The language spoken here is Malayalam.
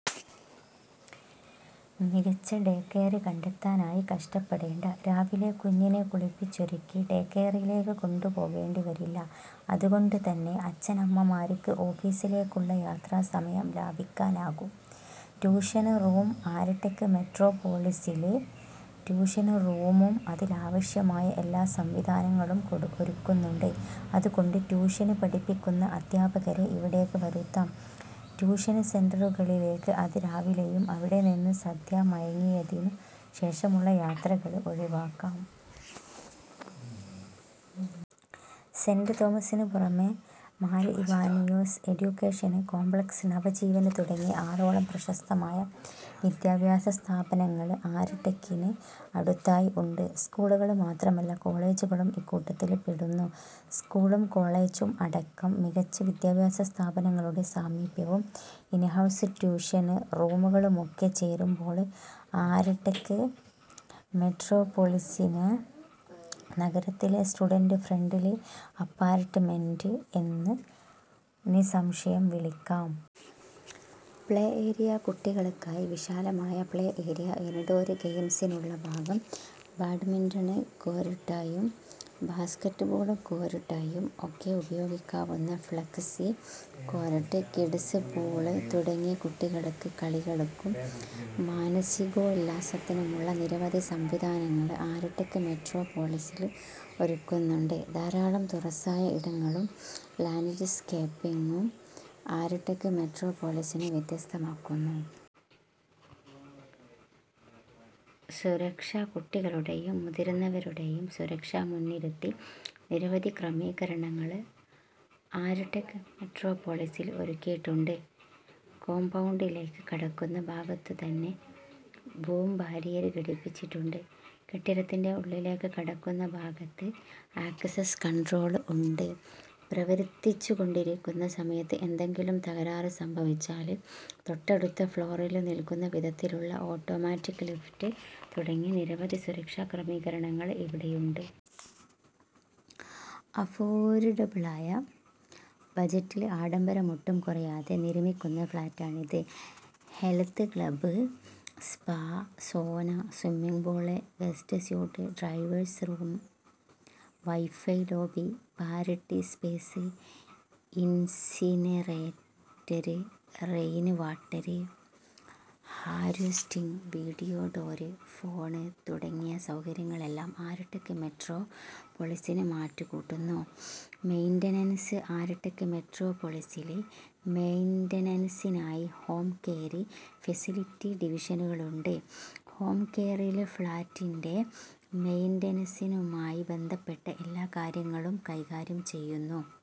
മികച്ച ഡേകെയര് കണ്ടെത്താനായി കഷ്ടപ്പെടേണ്ട. രാവിലെ കുഞ്ഞിനെ കുളിപ്പിച്ചൊരുക്കി ഡേകെയറിലേക്ക് കൊണ്ടുപോകേണ്ടി വരില്ല. അതുകൊണ്ടുതന്നെ അച്ഛനമ്മമാര്ക്ക് ഓഫീസിലേക്കുള്ള യാത്രാസമയം ലാഭിക്കാനാകും. ട്യൂഷന് റൂം ആര്ടെക് മെട്രോപൊളിസില് ട്യൂഷന് റൂമും അതിലാവശ്യമായ എല്ലാ സംവിധാനങ്ങളും ഒരുക്കുന്നുണ്ട്. അതുകൊണ്ട് ട്യൂഷന് പഠിപ്പിക്കുന്ന അധ്യാപകരെ ഇവിടേക്ക് വരുത്താം. ട്യൂഷന് സെന്ററുകളിലേക്ക് അതിരാവിലെയും അവിടെ നിന്ന് സന്ധ്യമയങ്ങിയതിനു ശേഷവുമുള്ള യാത്രകള് ഒഴിവാക്കാം. സെന്റ് തോമസിനു പുറമേ മാര് ഇവാനിയോസ് എഡ്യൂക്കേഷന് കോംപ്ലക്സ്, നവജീവന് തുടങ്ങി ആറോളം പ്രശസ്തമായ വിദ്യാഭ്യാസ സ്ഥാപനങ്ങള് ആര്ട്ടെക്കിന് അടുത്തായി ഉണ്ട്. സ്കൂളുകള് മാത്രമല്ല കോളെജുകളും ഇക്കൂട്ടത്തില് പെടുന്നു. സ്കൂളും കോളെജും അടക്കം മികച്ച വിദ്യാഭ്യാസ സ്ഥാപനങ്ങളുടെ സാമീപ്യവും ഇന്ഹൗസ് ട്യൂഷന് റൂമുകളുമൊക്കെ ചേരുമ്പോള് ആര്െടക് മെട്രോപൊളിസിനെ നഗരത്തിലെ സ്റ്റുഡന്റ് ഫ്രണ്ട്ലി അപ്പാര്ട്ട്മെന്റ് എന്നു നിസംശയം വിളിക്കാം. പ്ലേ ഏരിയ കുട്ടികള്ക്കായി വിശാലമായ പ്ലേ ഏരിയ, ഇന്ഡോര് ഗെയിംസിനുള്ള ഭാഗം, ബാഡ്മിന്റണ് കോര്ട്ടായും ബാസ്കറ്റ് ബോള് കോര്ട്ടായും ഒക്കെ ഉപയോഗിക്കാവുന്ന ഫ്ളെക്സി കോര്ട്ട്, കിഡ്സ് പൂള് തുടങ്ങി കുട്ടികള്ക്ക് കളികള്ക്കും മാനസികോല്ലാസത്തിനുമുള്ള നിരവധി സംവിധാനങ്ങള് ആര്ടെക് മെട്രോപൊളിസില് ഒരുക്കുന്നുണ്ട്. ധാരാളം തുറസായ ഇടങ്ങളും ലാന്ഡ്സ്കേപ്പിംഗും ആര്ടെക് മൊട്രോപോളിസിനെ വ്യത്യസ്തമാക്കുന്നു. സുരക്ഷ കുട്ടികളുടെയും മുതിര്ന്നവരുടെയും സുരക്ഷ മുന്നിര്ത്തി നിരവധി ക്രമീകരണങ്ങള് ആര്ടെക് മെട്രോപൊളിസില് ഒരുക്കിയിട്ടുണ്ട്. കോംപൗണ്ടിലേക്ക് കടക്കുന്ന ഭാഗത്തു തന്നെ ബൂം ബാരിയര് ഘടിപ്പിച്ചിട്ടുണ്ട്. കെട്ടിടത്തിന്റെ ഉള്ളിലേക്ക് കടക്കുന്ന ഭാഗത്ത് ആക്സസ് കണ്ട്രോള് ഉണ്ട്. പ്രവര്ത്തിച്ചുകൊണ്ടിരിക്കുന്ന സമയത്ത് എന്തെങ്കിലും തകരാറ് സംഭവിച്ചാല്, തൊട്ടടുത്ത ഫ്ളോറില് നില്ക്കുന്ന വിധത്തിലുള്ള ഓട്ടോമാറ്റിക് ലിഫ്റ്റ് തുടങ്ങി നിരവധി സുരക്ഷാക്രമീകരണങ്ങള് ഇവിടെയുണ്ട്. അഫോര്ഡബിളായ ബജറ്റില് ആഡംബരമൊട്ടും കുറയാതെ നിര്മിക്കുന്ന ഫ്ളാറ്റാണിത്. Health club, spa, sauna, swimming pool, guest suite, drivers room, wifi lobby, party space, incinerator, rain water harvesting, video door phone തുടങ്ങിയ സൗകര്യങ്ങളെല്ലാം ആര്ടെക് മെട്രോപൊളിസിന് മാറ്റ് കൂട്ടുന്നു. മെയ്ന്റനന്സ് ആര്ടെക് മെട്രോപൊളിസില് മെയ്ന്റനന്സിനായി ഹോം കെയര്, ഫെസിലിറ്റി ഡിവിഷനുകളുണ്ട്. ഹോം കെയറില് ഫ്ളാറ്റിന്റെ മെയ്ന്റനന്സുമായി ബന്ധപ്പെട്ട എല്ലാ കാര്യങ്ങളും കൈകാര്യം ചെയ്യുന്നു.